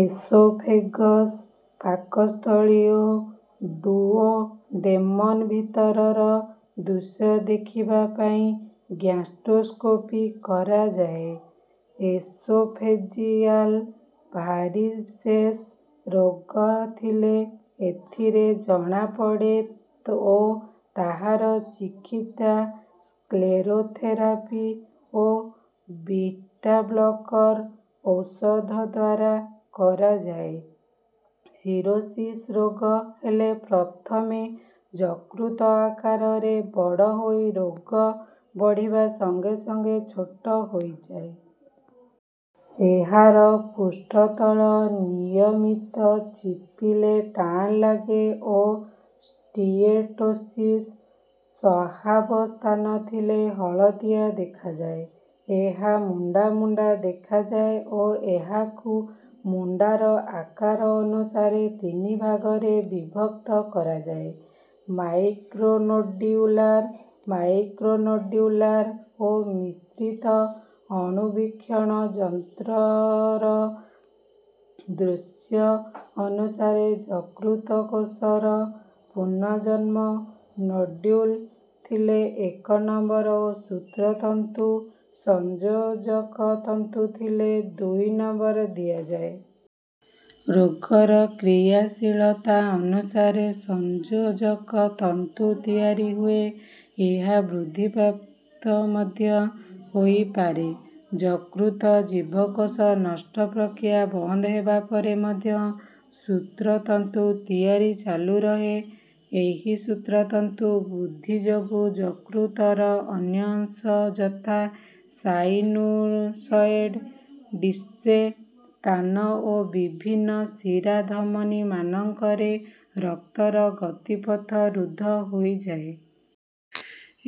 Oesophagus ପାକସ୍ଥଳୀ ଓ duodenum ଭିତରର ଦୃଶ୍ୟ ଦେଖିବା ପାଇଁ ଗ୍ୟାଷ୍ଟ୍ରୋସ୍କୋପି କରାଯାଏ। ଏସୋଫେଜିଆଲ୍ ଭାରିସେସ୍ ରୋଗ ଥିଲେ ଏଥିରେ ଜଣାପଡେ ଓ ତାହାର ଚିକିତ୍ସା ସ୍କ୍ଲେରୋଥେରାପି ଓ ବିଟାବ୍ଲକର ଔଷଧଦ୍ୱାରା କରାଯାଏ। ସିରୋସିସ୍ ରୋଗ ହେଲେ ପ୍ରଥମେ ଯକୃତ ଆକାରରେ ବଡ ହୋଇ ରୋଗ ବଢିବା ସଙ୍ଗେ ସଙ୍ଗେ ଛୋଟ ହୋଇଯାଏ। ଏହାର ପୃଷ୍ଠତଳ ଅନିୟମିତ ଚିପିଲେ ଟାଣ ଲାଗେ ଓ ସ୍ଟିଏଟୋସିସ୍ ସହାବସ୍ଥାନ ଥିଲେ ହଳଦିଆ ଦେଖାଯାଏ। ଏହା ମୁଣ୍ଡା ମୁଣ୍ଡା ଦେଖାଯାଏ ଓ ଏହାକୁ ମୁଣ୍ଡାର ଆକାର ଅନୁସାରେ ତିନି ଭାଗରେ ବିଭକ୍ତ କରାଯାଏ ମାଇକ୍ରୋନୋଡ୍ୟୁଲାର୍, ମାକ୍ରୋନୋଡ୍ୟୁଲାର୍ ଓ ମିଶ୍ରିତ। ଅଣୁବୀକ୍ଷଣ ଯନ୍ତ୍ର୍ରର ଦୃଶ୍ୟ ଅନୁସାରେ ଯକୃତ କୋଷର ପୁନର୍ଜନ୍ମ ନୋଡ୍ୟୁଲ ଥିଲେ ଏକ ନମ୍ବର ଓ ସୂତ୍ର ତନ୍ତୁ ସଂଯୋଜକ ତନ୍ତୁ ଥିଲେ ଦୁଇ ନମ୍ବର ଦିଆଯାଏ। ରୋଗର କ୍ରିୟାଶୀଳତା ଅନୁସାରେ ସଂଯୋଜକ ତନ୍ତୁ ତିଆରି ହୁଏ। ଏହା ବୃଦ୍ଧି ପ୍ରାପ୍ତ ମଧ୍ୟ ହୋଇପାରେ। ଯକୃତ ଜୀବକୋଷ ନଷ୍ଟ ପ୍ରକ୍ରିୟା ବନ୍ଦ ହେବା ପରେ ମଧ୍ୟ ସୂତ୍ର ତନ୍ତୁ ତିଆରି ଚାଲୁ ରହେ। ଏହି ସୂତ୍ର ତନ୍ତୁ ବୃଦ୍ଧି ଯୋଗୁ ଯକୃତର ଅନ୍ୟ ଅଂଶ ଯଥା ସାଇନୁସଏଡ୍ ଡିସ୍ସେ ସ୍ଥାନ ଓ ବିଭିନ୍ନ ଶିରା ଧମନୀମାନଙ୍କରେ ରକ୍ତର ଗତିପଥ ରୁଦ୍ଧ ହୋଇଯାଏ।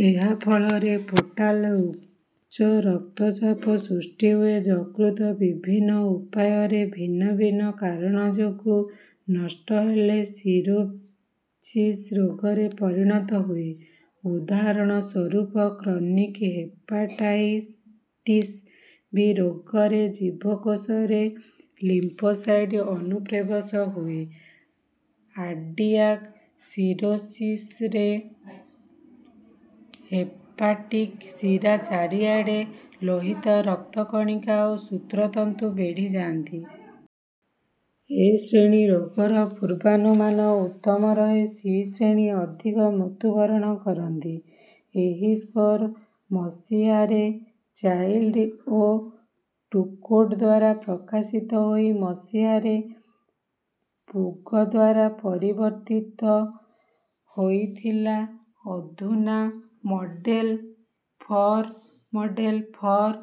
ଏହା ଫଳରେ ପୋର୍ଟାଲ୍ ଉଚ୍ଚ ରକ୍ତ ଚାପ ସୃଷ୍ଟି ହୁଏ। ଯକୃତ ବିଭିନ୍ନ ଉପାୟରେ ଭିନ୍ନ ଭିନ୍ନ କାରଣ ଯୋଗ ନଷ୍ଟ ହେଲେ ସିରୋସିସ୍ ରୋଗରେ ପରିଣତ ହୁଏ। ଉଦାହରଣ ସ୍ୱରୁପ କ୍ରନିକ୍ ହେପାଟାଇସ୍ ଟିସ୍ ବି ରୋଗରେ ଜୀବକୋଷରେ ଲିମ୍ଫୋସାଇଟ ଅନୁପ୍ରବେଶ ହୁଏ କାର୍ଡିଆକ୍ ସିରୋସିସରେ ହେପାଟିକ ଶିରା ଚାରିଆଡେ ଲୋହିତ ରକ୍ତ କଣିକା ଓ ସୂତ୍ର ତନ୍ତୁ ବେଢି ଯାଆନ୍ତି। ଏ ଶ୍ରେଣୀ ରୋଗର ପୂର୍ବାନୁମାନ ଉତ୍ତମ ରହେ ସି ଶ୍ରେଣୀ ଅଧିକ ମୃତ୍ୟୁ ବରଣ କରନ୍ତି। ଏହି ସ୍କୋର ମସିହାରେ ଚାଇଲ୍ଡ୍ ଓ ଟୁର୍କୋଟଦ୍ୱାରା ପ୍ରକାଶିତ ହୋଇ ମସିହାରେ ପୁଗଦ୍ୱାରା ପରିବର୍ତ୍ତିତ ହୋଇଥିଲା। ଅଧୁନା model for model for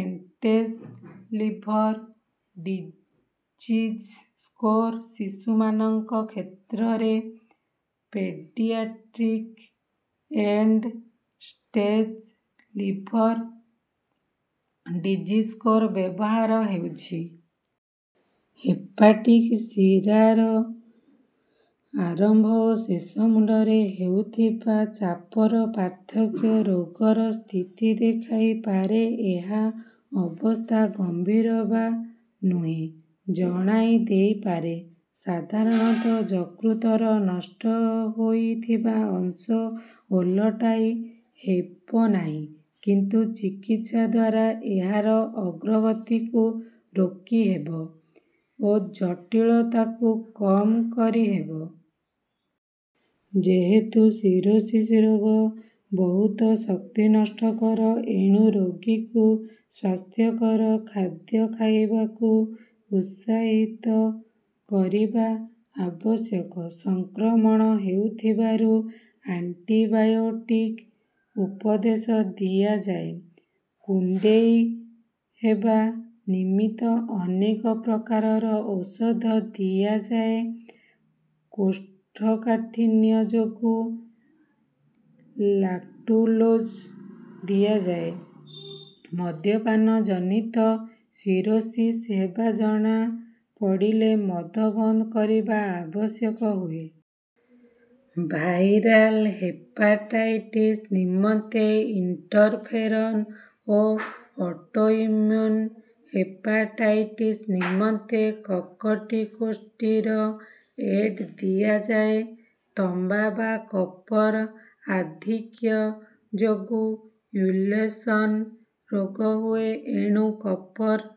end stage liver disease score ଶିଶୁମାନଙ୍କ କ୍ଷେତ୍ରରେ paediatric end stage liver disease score ବ୍ୟବହାର ହେଉଛି। ହେପାଟିକ୍ ଶିରାର ଆରମ୍ଭ ଓ ଶେଷ ମୁଣ୍ଡରେ ହେଉଥିବା ଚାପର ପାର୍ଥକ୍ୟ ରୋଗର ସ୍ଥିତି ଦେଖାଇ ପାରେ ଏହା ଅବସ୍ଥା ଗମ୍ଭୀର ବା ନୁହେଁ ଜଣାଇ ଦେଇପାରେ। ସଧାରଣତଃ ଯକୃତର ନଷ୍ଟ ହୋଇଥିବା ଅଂଶ ଓଲଟାଇ ହେବନାହି। କିନ୍ତୁ ଚିକିତ୍ସା ଦ୍ୱାର ଏହାର ଅଗ୍ରଗତିକୁ ରୋକି ହେବ ଓ ଜଟୀଳତାକୁ କମ କରିହେବ। ଯେହେତୁ ସିରୋସିସ୍ ରୋଗ ବହୁତ ଶକ୍ତି ନଷ୍ଟ କର ଏଣୁ ରୋଗୀକୁ ସ୍ୱାସ୍ଥ୍ୟକର ଖାଦ୍ୟ ଖାଇବାକୁ ଉତ୍ସାହିତ କରିବା ଆବଶ୍ୟକ। ସଂକ୍ରମଣ ହେଉଥିବାରୁ ଆଣ୍ଟିବାୟୋଟିକ ଉପଦେଶ ଦିଆଯାଏ। କୁଣ୍ଡେଇ ହେବା ନିମିତ୍ତ ଅନେକ ପ୍ରକାରର ଔଷଧ ଦିଆଯାଏ। କୋଷ୍ଠକାଠିନ୍ୟ ଯୋଗୁଁ ଲାକ୍ଟୁଲୋଜ ଦିଆଯାଏ। ମଦ୍ୟପାନ ଜନିତ ସିରୋସିସ୍ ହେବା ଜଣା ପଡ଼ିଲେ ମଦ ବନ୍ଦ କରିବା ଆବଶ୍ୟକ ହୁଏ। ଭାଇରାଲ୍ ହେପାଟାଇଟିସ୍ ନିମନ୍ତେ ଇଣ୍ଟରଫେରନ୍ ଓ ଅଟୋଇମ୍ୟୁନ୍‌ ହେପାଟାଇଟିସ ନିମନ୍ତେ କକର୍ଟିକୋଷ୍ଟିରଏଡ୍‌ଦିଆଯାଏ। ତମ୍ବା ବା କପର୍ ଆଧିକ୍ୟ ଯୋଗୁଁ ୱିଲସନ୍‌ ରୋଗ ହୁଏ ଏଣୁ କପର୍